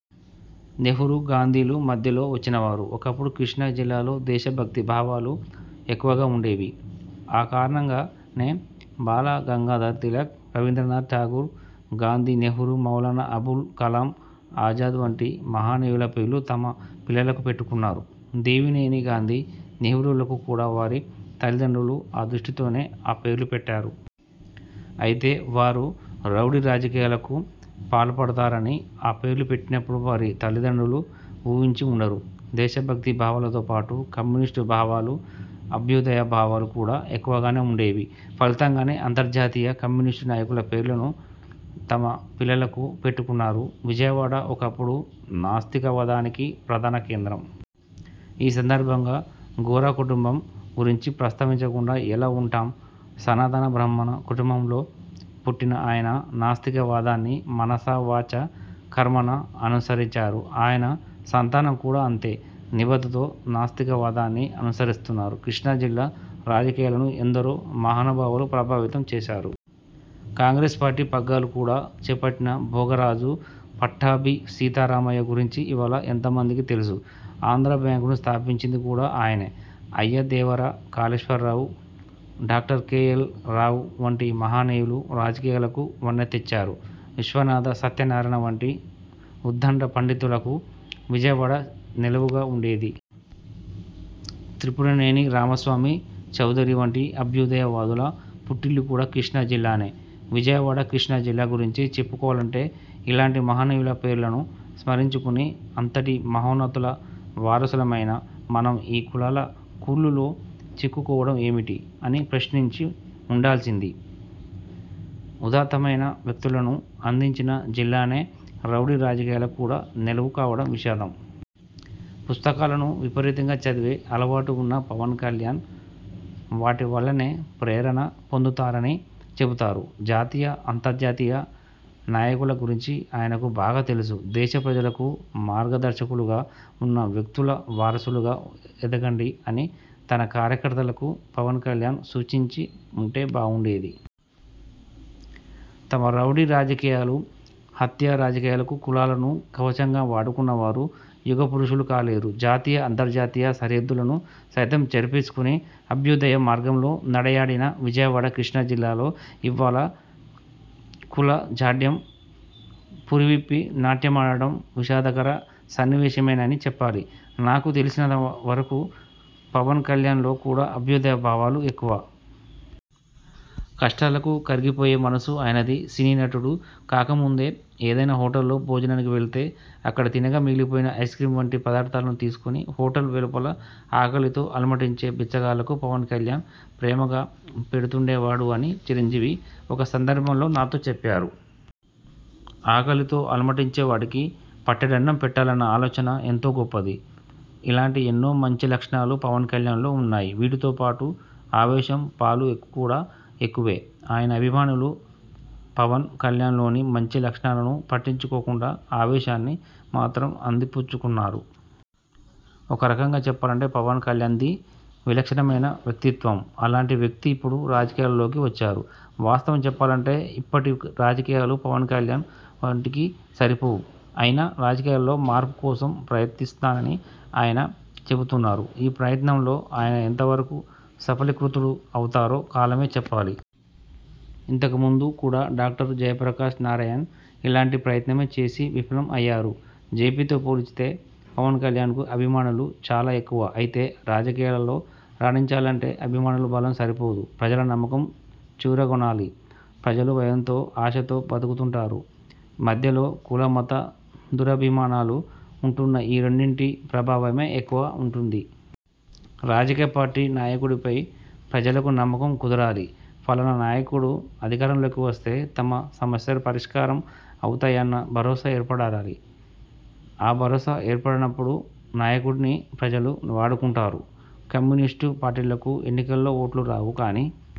నెహ్రూ, గాంధీలు మధ్యలో వచ్చిన వారు. ఒకప్పుడు కృష్ణా జిల్లాలో దేశ భక్తి భావాలు ఎక్కువగా ఉండేవి. ఆ కారణంగానే బాలగంగాధర్ తిలక్, రవీంద్రనాథ్ ఠాగూర్, గాంధి, నెహ్రూ, మౌలానా అబుల్ కలాం ఆజాద్ వంటి మహనీయుల పేర్లు తమ పిల్లలకు పెట్టుకున్నారు. దేవినేని గాంధీ, నెహ్రూలకు కూడా వారి తల్లిదండ్రులు ఆ దృష్టితోనే ఆ పేర్లు పెట్టారు. అయితే వారు రౌడీ రాజకీయాలకు పాల్పడతారని ఆ పేర్లు పెట్టినప్పుడు వారి తల్లిదండ్రులు ఊహించి ఉండరు. దేశభక్తి భావాలతో పాటు కమ్యూనిస్టు భావాలు, అభ్యుదయ భావాలు కూడా ఎక్కువగానే ఉండేవి. ఫలితంగానే అంతర్జాతీయ కమ్యూనిస్టు నాయకుల పేర్లను తమ పిల్లలకు పెట్టుకున్నారు. విజయవాడ ఒకప్పుడు నాస్తికవాదానికి ప్రధాన కేంద్రం. ఈ సందర్భంగా గోరా కుటుంబం గురించి ప్రస్తావించకుండా ఎలా ఉంటాం? సనాతన బ్రాహ్మణ కుటుంబంలో పుట్టిన ఆయన నాస్తిక వాదాన్ని మనసా, వాచా, కర్మణా అనుసరించారు. ఆయన సంతానం కూడా అంతే నిబద్ధతతో నాస్తిక వాదాన్ని అనుసరిస్తున్నారు. కృష్ణా జిల్లా రాజకీయాలను ఎందరో మహానుభావులు ప్రభావితం చేశారు. కాంగ్రెస్ పార్టీ పగ్గాలు కూడా చేపట్టిన భోగ రాజు పట్టాభి సీతారామయ్య గురించి ఇవాళ ఎంత మందికి తెలుసు? ఆంధ్రా బ్యాంకును స్థాపించింది కూడా ఆయనే! Ayyadevara Kaleswara Rao, doctor K. L. Rao వంటి మహనీయులు రాజకీయాలకు వన్నె తెచ్చారు. విశ్వనాథ సత్యనారాయణ వంటి ఉద్ధండ పండితులకు విజయవాడ నెలవుగా ఉండేది. త్రిపురనేని రామస్వామి చౌదరి వంటి అభ్యుదయ వాదుల పుట్టిల్లు కూడా కృష్ణా జిల్లానే! విజయవాడ, కృష్ణా జిల్లా గురించి చెప్పుకోవాలంటే ఇలాంటి మహనీయుల పేర్లను స్మరించుకుని, అంతటి మహోన్నతుల వారసులమైన మనం ఈ కులాల కుళ్లులో చిక్కుకోవడం ఏమిటి? అని ప్రశ్నించి ఉండాల్సింది. ఉదాత్తమైన వ్యక్తులను అందించిన జిల్లానే రౌడీ రాజకీయాలకు కూడా నెలవు కావడం విషాదం. పుస్తకాలను విపరీతంగా చదివే అలవాటు ఉన్న పవన్ కల్యాణ్ వాటి వల్లనే ప్రేరణ పొందుతారని చెబుతారు. జాతీయ, అంతర్జాతీయ నాయకుల గురించి ఆయనకు బాగా తెలుసు. దేశ ప్రజలకు మార్గదర్శకులుగా ఉన్న వ్యక్తుల వారసులుగా ఎదగండి అని తన కార్యకర్తలకు పవన్ కల్యాణ్ సూచించి ఉంటే బాగుండేది. తమ రౌడీ రాజకీయాలు, హత్యా రాజకీయాలకు కులాలను కవచంగా వాడుకున్నవారు యుగ పురుషులు కాలేరు. జాతీయ, అంతర్జాతీయ సరిహద్దులను సైతం చెరిపేసుకుని అభ్యుదయ మార్గంలో నడయాడిన విజయవాడ, కృష్ణా జిల్లాలో ఇవ్వాళ కుల జాఢ్యం పురి విప్పి నాట్యమాడటం విషాదకర సన్నివేశమేనని చెప్పాలి. నాకు తెలిసినంత వరకు పవన్ కల్యాణ్ లో కూడా అభ్యుదయ భావాలు ఎక్కువ! కష్టాలకు కరిగిపోయే మనసు ఆయనది! సినీ నటుడు కాకముందే ఏదైనా హోటల్లో భోజనానికి వెళితే అక్కడ తినగా మిగిలిపోయిన ఐస్క్రీమ్ వంటి పదార్థాలను తీసుకుని హోటల్ వెలుపల ఆకలితో అలమటించే బిచ్చగాళ్లకు పవన్ కల్యాణ్ ప్రేమగా పెడుతుండే వాడు అని చిరంజీవి ఒక సందర్భంలో నాతో చెప్పారు. ఆకలితో అలమటించే వాడికి పట్టెడన్నం పెట్టాలన్న ఆలోచన ఎంతో గొప్పది. ఇలాంటి ఎన్నో మంచి లక్షణాలు పవన్ కల్యాణ్ లో ఉన్నాయి. వీటితో పాటు ఆవేశం పాలు కూడా ఎక్కువే! ఆయన అభిమానులు పవన్ కల్యాణ్ లోని మంచి లక్షణాలను పట్టించుకోకుండా ఆవేశాన్ని మాత్రం అందిపుచ్చుకున్నారు. ఒక రకంగా చెప్పాలంటే పవన్ కల్యాణ్ది విలక్షణమైన వ్యక్తిత్వం. అలాంటి వ్యక్తి ఇప్పుడు రాజకీయాలలోకి వచ్చారు. వాస్తవం చెప్పాలంటే ఇప్పటి రాజకీయాలు పవన్ కల్యాణ్ వంటికి సరిపోవు. అయినా రాజకీయాలలో మార్పు కోసం ప్రయత్నిస్తానని ఆయన చెబుతున్నారు. ఈ ప్రయత్నంలో ఆయన ఎంతవరకు సఫలీకృతుడు అవుతారో కాలమే చెప్పాలి. ఇంతకు ముందు కూడా డాక్టర్ జయప్రకాశ్ నారాయణ్ ఇలాంటి ప్రయత్నమే చేసి విఫలం అయ్యారు. జేపీతో పోల్చితే పవన్ కల్యాణ్కు అభిమానులు చాలా ఎక్కువ. అయితే రాజకీయాలలో రాణించాలంటే అభిమానుల బలం సరిపోదు. ప్రజల నమ్మకం చూరగొనాలి. ప్రజలు భయంతో, ఆశతో బతుకుతుంటారు. మధ్యలో కుల, మత దురభిమానాలు ఉంటున్నా ఈ రెండింటి ప్రభావమే ఎక్కువగా ఉంటుంది. రాజకీయ పార్టీ నాయకుడిపై ప్రజలకు నమ్మకం కుదరాలి. ఫలానా నాయకుడు అధికారంలోకి వస్తే తమ సమస్యలు పరిష్కారం అవుతాయన్న భరోసా ఏర్పడాలి. ఆ భరోసా ఏర్పడనప్పుడు నాయకుడిని ప్రజలు వాడుకుంటారు. కమ్యూనిస్టు పార్టీలకు ఎన్నికలలో ఓట్లు రావు కానీ